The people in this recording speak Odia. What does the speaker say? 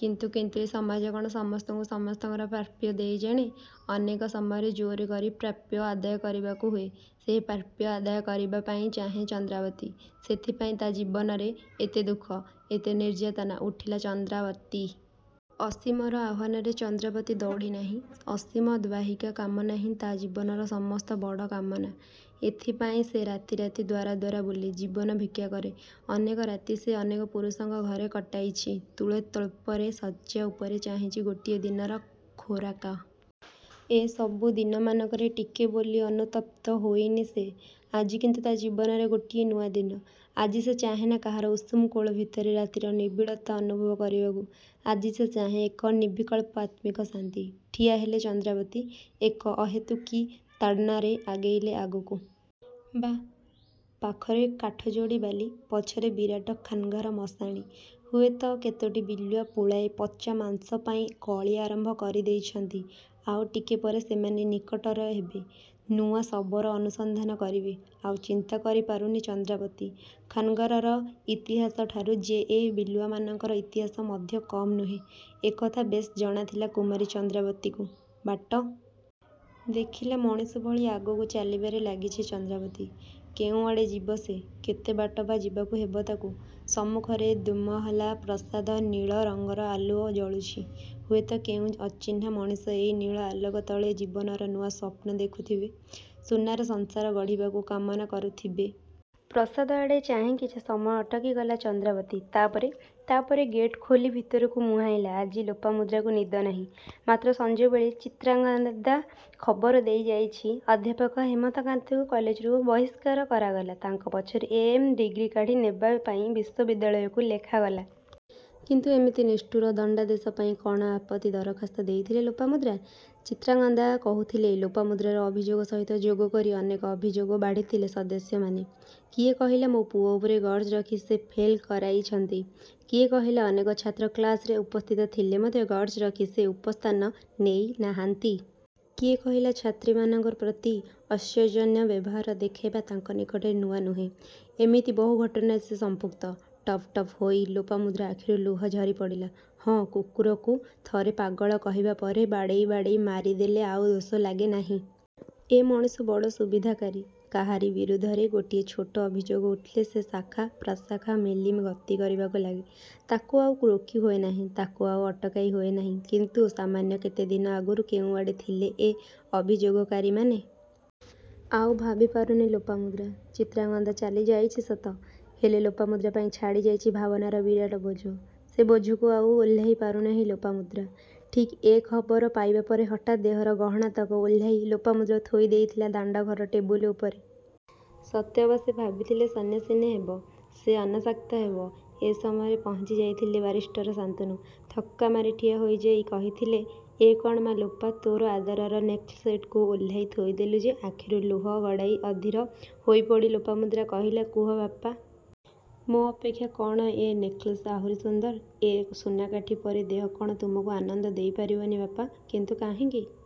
କିନ୍ତୁ କିନ୍ତୁ ଏ ସମାଜ କ'ଣ ସମସ୍ତଙ୍କୁ ସମସ୍ତଙ୍କର ପ୍ରାପ୍ୟ ଦେଇ ଜାଣେ? ଅନେକ ସମୟରେ ଜୋର କରି ପ୍ରାପ୍ୟ ଆଦାୟ କରିବାକୁ ହୁଏ। ସେହି ପ୍ରାପ୍ୟ ଆଦାୟ କରିବା ପାଇଁ ଚାହେଁ ଚନ୍ଦ୍ରାବତୀ। ସେଥିପାଇଁ ତା' ଜୀବନରେ ଏତେ ଦୁଃଖ, ଏତେ ନିର୍ଯାତନା। ଉଠିଲା ଚନ୍ଦ୍ରାବତୀ... ଅସୀମର ଆହ୍ୱାନରେ ଚନ୍ଦ୍ରାବତୀ ଦୌଡ଼େ ନାହିଁ। ଅସୀମ ଦ୍ୱାହିକା କାମନା ହିଁ ତା' ଜୀବନର ମସ୍ତବଡ଼ କାମନା। ଏଇଥିପାଇଁ ସେ ରାତି ରାତି ଦ୍ୱାର ଦ୍ୱାର ବୁଲି, ଜୀବନ ଭିକ୍ଷା କରେ। ଅନେକ ରାତି ସେ ଅନେକ ପୁରୁଷଙ୍କ ଘରେ କଟାଇଛି। ତୂଳିତଳ୍ପରେ ଶଯ୍ୟା ଉପରେ ଚାହିଁଛି ଗୋଟିଏ ଦିନର ଖୋରାକ। ଏ ସବୁ ଦିନମାନଙ୍କରେ ଟିକେ ବୋଲି ଅନୁତପ୍ତ ହୋଇନି ସେ। ଆଜି କିନ୍ତୁ ତା' ଜୀବନରେ ଗୋଟିଏ ନୂଆ ଦିନ। ଆଜି ସେ ଚାହେଁନା କାହାର ଉଷୁମ କୋଳ ଭିତରେ ରାତିର ନିବିଡ଼ତା ଅନୁଭବ କରିବାକୁ। ଆଜି ସେ ଚାହେଁ ଏକ ନିର୍ବିକଳ୍ପ ଆତ୍ମିକ ଶାନ୍ତି। ଠିଆ ହେଲେ ଚନ୍ଦ୍ରାବତୀ, ଏକ ଅହେତୁକୀ ତାଡ଼ନାରେ ଆଗେଇଲେ ଆଗକୁ। ବାଃ ପାଖରେ କାଠଯୋଡ଼ି ବାଲି। ପଛରେ ବିରାଟ ଖାନ୍ନଗର ମଶାଣି। ହୁଏତ କେତୋଟି ବିଲୁଆ ପୁଳାଏ ପଚା ମାଂସ ପାଇଁ କଳି ଆରମ୍ଭ କରି ଦେଇଛନ୍ତି। ଆଉ ଟିକେ ପରେ ସେମାନେ ନିକଟର ହେବେ, ନୂଆ ଶବର ଅନୁସନ୍ଧାନ କରିବେ। ଆଉ ଚିନ୍ତା କରି ପାରୁନି ଚନ୍ଦ୍ରାବତୀ, ଖାନ୍ନଗରର ଇତିହାସଠାରୁ ଯେ ଏ ବିଲୁଆମାନଙ୍କର ଇତିହାସ ମଧ୍ୟ କମ୍ ନୁହେଁ, ଏକଥା ବେଶ୍ ଜଣାଥିଲା କୁମାରୀ ଚନ୍ଦ୍ରାବତୀକୁ। ବାଟ ଦେଖିଲା ମଣିଷ ଭଳି ଆଗକୁ ଚାଲିବାରେ ଲାଗିଛି ଚନ୍ଦ୍ରାବତୀ। କେଉଁଆଡ଼େ ଯିବ ସେ? କେତେ ବାଟ ବା ଯିବାକୁ ହେବ ତାକୁ? ସମ୍ମୁଖରେ ଦ୍ୱିମହଲା ପ୍ରସାଦ। ନୀଳ ରଙ୍ଗର ଆଲୁଅ ଜଳୁଛି। ହୁଏତ କେଉଁ ଅଚିହ୍ନା ମଣିଷ ଏଇ ନୀଳ ଆଲୋକ ତଳେ ଜୀବନର ନୂଆ ସ୍ୱପ୍ନ ଦେଖୁଥିବେ, ସୁନାର ସଂସାର ଗଢ଼ିବାକୁ କାମନା କରୁଥିବେ। ପ୍ରସାଦ ଆଡ଼େ ଚାହିଁ କିଛି ସମୟ ଅଟକିଗଲା ଚନ୍ଦ୍ରାବତୀ। ତା' ପରେ, ତା' ପରେ ଗେଟ୍ ଖୋଲି ଭିତରକୁ ମୁହାଁଇଲା ଆଜି ଲୋପାମୁଦ୍ରାକୁ ନିଦ ନାହିଁ। ମାତ୍ର ସଞ୍ଜବେଳେ ଚିତ୍ରାଙ୍ଗାଦା ଖବର ଦେଇଯାଇଛି, ଅଧ୍ୟାପକ ହେମନ୍ତକାନ୍ତଙ୍କୁ କଲେଜରୁ ବହିଷ୍କାର କରାଗଲା। ତାଙ୍କ ପଛରୁ ଏମ୍.ଏ. ଡିଗ୍ରୀ କାଢ଼ି ନେବା ପାଇଁ ବିଶ୍ୱବିଦ୍ୟାଳୟକୁ ଲେଖାଗଲା। କିନ୍ତୁ ଏମିତି ନିଷ୍ଠୁର ଦଣ୍ଡାଦେଶ ପାଇଁ କ'ଣ ଆପତ୍ତି ଦରଖାସ୍ତ ଦେଇଥିଲେ ଲୋପାମୁଦ୍ରା? ଚିତ୍ରାଙ୍ଗଦା କହୁଥିଲେ, ଲୋପାମୁଦ୍ରାର ଅଭିଯୋଗ ସହିତ ଯୋଗ କରି ଅନେକ ଅଭିଯୋଗ ବାଢ଼ିଥିଲେ ସଦସ୍ୟମାନେ। କିଏ କହିଲା, "ମୋ ପୁଅ ଉପରେ ଗର୍ଜ ରଖି ସେ ଫେଲ୍ କରାଇଛନ୍ତି।" କିଏ କହିଲା, "ଅନେକ ଛାତ୍ର କ୍ଲାସରେ ଉପସ୍ଥିତ ଥିଲେ ମଧ୍ୟ ଗର୍ଜ ରଖି ସେ ଉପସ୍ଥାନ ନେଇ ନାହାନ୍ତି।" କିଏ କହିଲା, "ଛାତ୍ରୀମାନଙ୍କ ପ୍ରତି ଅସୌଜନ୍ୟ ବ୍ୟବହାର ଦେଖେଇବା ତାଙ୍କ ନିକଟରେ ନୂଆ ନୁହେଁ।" ଏମିତି ବହୁ ଘଟଣାରେ ସେ ସମ୍ପୃକ୍ତ। ଟପ୍ ଟପ୍ ହୋଇ ଲୋପାମୁଦ୍ରା ଆଖିରୁ ଲୁହ ଝରି ପଡ଼ିଲା। ହଁ, କୁକୁରକୁ ଥରେ ପାଗଳ କହିବା ପରେ ବାଡ଼େଇ ବାଡ଼େଇ ମାରି ଦେଲେ ଆଉ ଦୋଷ ଲାଗେ ନାହିଁ। ଏ ମଣିଷ ବଡ଼ ସୁବିଧାକାରୀ। କାହାରି ବିରୁଦ୍ଧରେ ଗୋଟିଏ ଛୋଟ ଅଭିଯୋଗ ଉଠିଲେ ସେ ଶାଖା ପ୍ରାଶାଖା ମେଲି ଗତି କରିବାକୁ ଲାଗେ। ତାକୁ ଆଉ ରୋକି ହୁଏନାହିଁ, ତାକୁ ଆଉ ଅଟକାଇ ହୁଏନାହିଁ। କିନ୍ତୁ ସାମାନ୍ୟ କେତେ ଦିନ ଆଗରୁ କେଉଁଆଡ଼େ ଥିଲେ ଏ ଅଭିଯୋଗକାରୀମାନେ? ଆଉ ଭାବି ପାରୁନି ଲୋପାମୁଦ୍ରା। ଚିତ୍ରାଙ୍ଗଦା ଚାଲିଯାଇଛି ସତ, ହେଲେ ଲୋପାମୁଦ୍ରା ପାଇଁ ଛାଡ଼ି ଯାଇଛି ଭାବନାର ବିରାଟ ବୋଝ। ସେ ବୋଝକୁ ଆଉ ଓହ୍ଲେଇ ପାରୁନାହିଁ ଲୋପାମୁଦ୍ରା। ଠିକ୍ ଏ ଖବର ପାଇବା ପରେ ହଠାତ୍ ଦେହର ଗହଣାତକ ଓହ୍ଲାଇ ଲୋପାମୁଦ୍ରା ଥୋଇ ଦେଇଥିଲା ଦାଣ୍ଡଘର ଟେବୁଲ ଉପରେ। ସତେ ଅବା ସେ ଭାବୁଥିଲାସେ ସନ୍ନ୍ୟାସିନୀ ହେବ, ସେ ଅନାସକ୍ତା ହେବ। ଏ ସମୟରେ ପହଞ୍ଚି ଯାଇଥିଲେ ବାରିଷ୍ଟର ଶାନ୍ତନୁ। ଥକ୍କା ମାରି ଠିଆ ହୋଇଯାଇ କହିଥିଲେ, "ଏ କ'ଣ ମା ଲୋପା, ତୋର ଆଦରର ନେକ୍ଲେସ୍‌ଟିକୁ ଓହ୍ଲାଇ ଥୋଇଦେଲୁ ଯେ?ଆଖିରୁ ଲୁହ ଗଡ଼ାଇ, ଅଧୀର ହୋଇପଡ଼ି ଲୋପାମୁଦ୍ରା କହିଲା, "କୁହ ବାପା! ମୋ ଅପେକ୍ଷା କ'ଣ ଏ ନେକ୍ଲେସ୍ ଆହୁରି ସୁନ୍ଦର? ଏ ସୁନାକାଠି ପରି ଦେହ କ'ଣ ତୁମକୁ ଆନନ୍ଦ ଦେଇ ପାରିବନି ବାପା?" "କିନ୍ତୁ କାହିଁକି?"